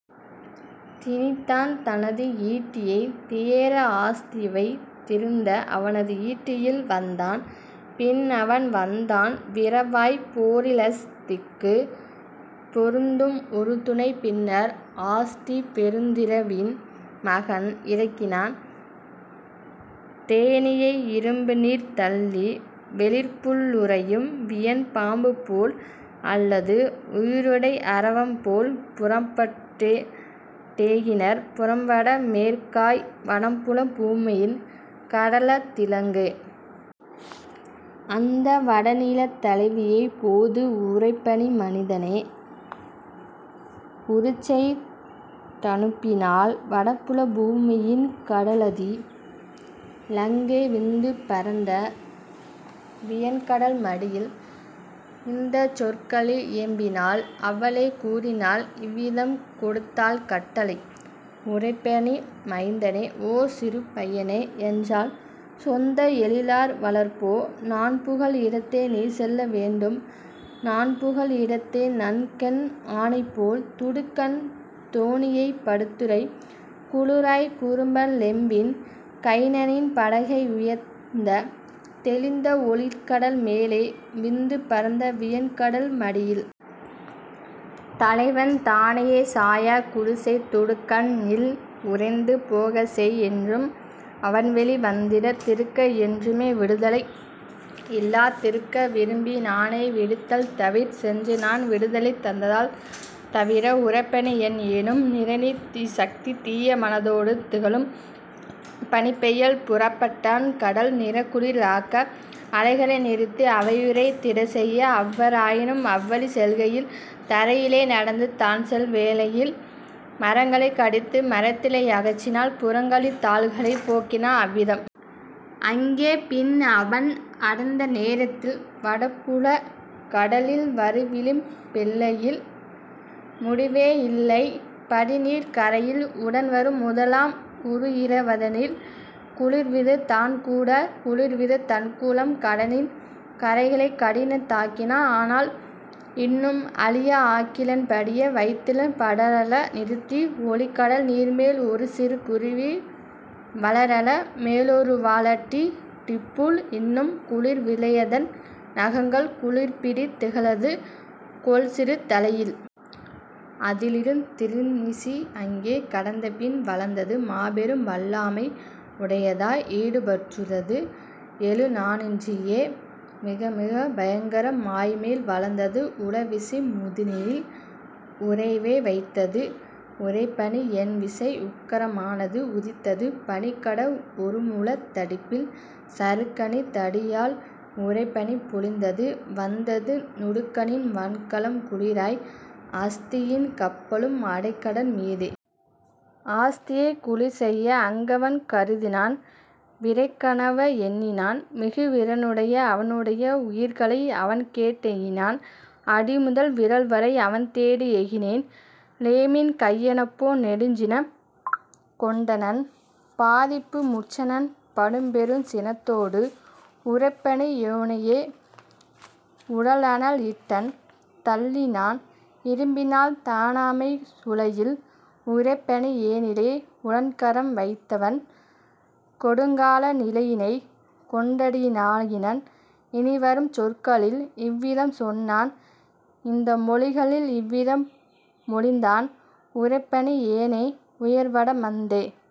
திணித்தான் தனது ஈட்டியைத் தியேரா அஹ்திவைத் திருந்த அவனது ஈட்டியுள் வந்தான் பின்அவன் வந்தான் விரைவாய் போரிலஹ் திக்குப் பொருந்தும் உறுதுணை பின்னர் அஹ்தி பெருந்தீ வின்மகன் இறக்கினன் தோணியை இரும்நீர்த் தள்ளி। வெளிர்புல் லுறையும் வியன் பாம்புபோல் அல்லது உயிருடை அரவம் போல புறப்பட் டேகினர் புறம்வட மேற்காய் வடபுலப் பூமியின் கடலதி லாங்கே. அந்த வடநிலத் தலைவியைப் போது உறைபனி மனிதனை உருச்செய் தனுப்பினள் வடபுலப் பூமியின் கடலதி லாங்கே விந்து பரந்த வியன்கடல் மடியில்; இந்தச் சொற்களில் இயம்பினள் அவளே கூறினாள் இவ்விதம் கொடுத்தாள் கட்டளை: "உறைபனி மைந்தனே ஓ, சிறு பையனே! என்றன் சொந்த எழிலார் வளர்ப்பே! நான்புகல் இடத்தே நீசெலல் வேண்டும் நான்புகல் இடத்தே நன்கென் ஆணைபோல்: துடுக்கான் தோணியைப் படுத்துறை குளிராய் குறும்பன் லெம்மின் கைனனின் படகை உயர்ந்த தெளிந்த ஒளிர்கடல் மேலே விந்து பரந்த வியன்கடல் மடியில்! தலைவன் தனையே சாயாய்க் குளிர்செய் துடுக்கனை நீல் உறைந்து போகச்செய் என்றும் அவன்வெளி வந்திடா திருக்க என்றுமே விடுதலை யில்லா திருக்க விரும்பி நானே விடுத்தால் தவிர சென்றுநான் விடுதலை தந்தால் தவிர! " உறைபனி யோன்எனும் நிறைதீச் சக்தி தீய மனத்தொடு திகழுமப் பனிப்பையல் புறப்பட் டான்கடல் நிறைகுளி ராக்க அலைகளை நிறுத்தி அவையுறைந் திடச்செய; அவ்வா றவனும் அவ்வழி செல்கையில் தரையிலே நடந்து தான்செல் வேளையில் மரங்களைக் கடித்து மரத்திலை யகற்றினான் புற்களின் தாள்களைப் போக்கினான் அவ்விதம். அங்கே பின்அவன் அடைந்தநே ரத்தில் வடபுலக் கடலின் வருவிளிம் பெல்லையில் முடிவே யில்லாப் படிநீர்க் கரையில் உடன்வரு முதலாம் உறுஇர வதனில் குளிர்வித் தான்குடா, குளிர்வித் தான்குளம், கடலின் கரைகளைக் கடினம தாக்கினான் ஆனால் இன்னும் ஆழியை ஆக்கிலன் படிய வைத்திலன் படரலை நிறுத்தி; ஒலிகடல் நீர்மேல் ஒருசிறு குருவி வளர்அலை மேலொரு வாலாட் டிப்புள் இன்னும் குளிர விலையதன் நகங்கள் குளிர்பிடித் திலதது கொள்சிறு தலையில். அதிலிருந் திருநிசி அங்கே கடந்தபின் வளர்ந்தது மாபெரும் வல்லமை யுடையதாய் ஈடுபா டுற்றது எழு நா ணின்றியே மிகமிகப் பயங்கர மாய்மேல் வளர்ந்தது உள விசை முழுதினால் உறையவே வைத்தது உறைபனி யோன்விசை உக்கிர மானது உதித்தது பனிக்கட் ஒருமுழத் தடிப்பில் சறுக்கணித் தடியாழ் உறைபனி பொழிந்தது வந்தது துடுக்கனின் வன்கலம் குளிராய் அஹ்தியின் கப்பலும் அலைகடல் மீதே. அஹ்தியைக் குளிர்செய அங்கவன் கருதினன் விறைக்கவைக் எண்ணினன் மிகுவீ றுடையனை அவனுடை உகிர்களை அவன்கேட் டேகினன் அடிமுதல் விரல்வரை அவன்தேடி யேகினன்; லெமின்கைன னப்போ நெடுஞ்சினங் கொண்டனன் பாதிப்பு முற்றனன் படுபெருஞ் சினத்தொடே உறைபனி யோனையே உடன்அனல் இட்டனன் தள்ளினான் இரும்பினால் தானமை சூளையுள். உறைபனி யோனிலே உடன்கரம் வைத்தவன் கொடுங்கால நிலையினை கொண்டிட லாயினன் இனிவரும் சொற்களில் இவ்விதம் சொன்னான் இந்த மொழிகளில் இவ்விதம் மொழிந்தான்: "உறைபனி யோனே, உயர்வாடை மைந்த!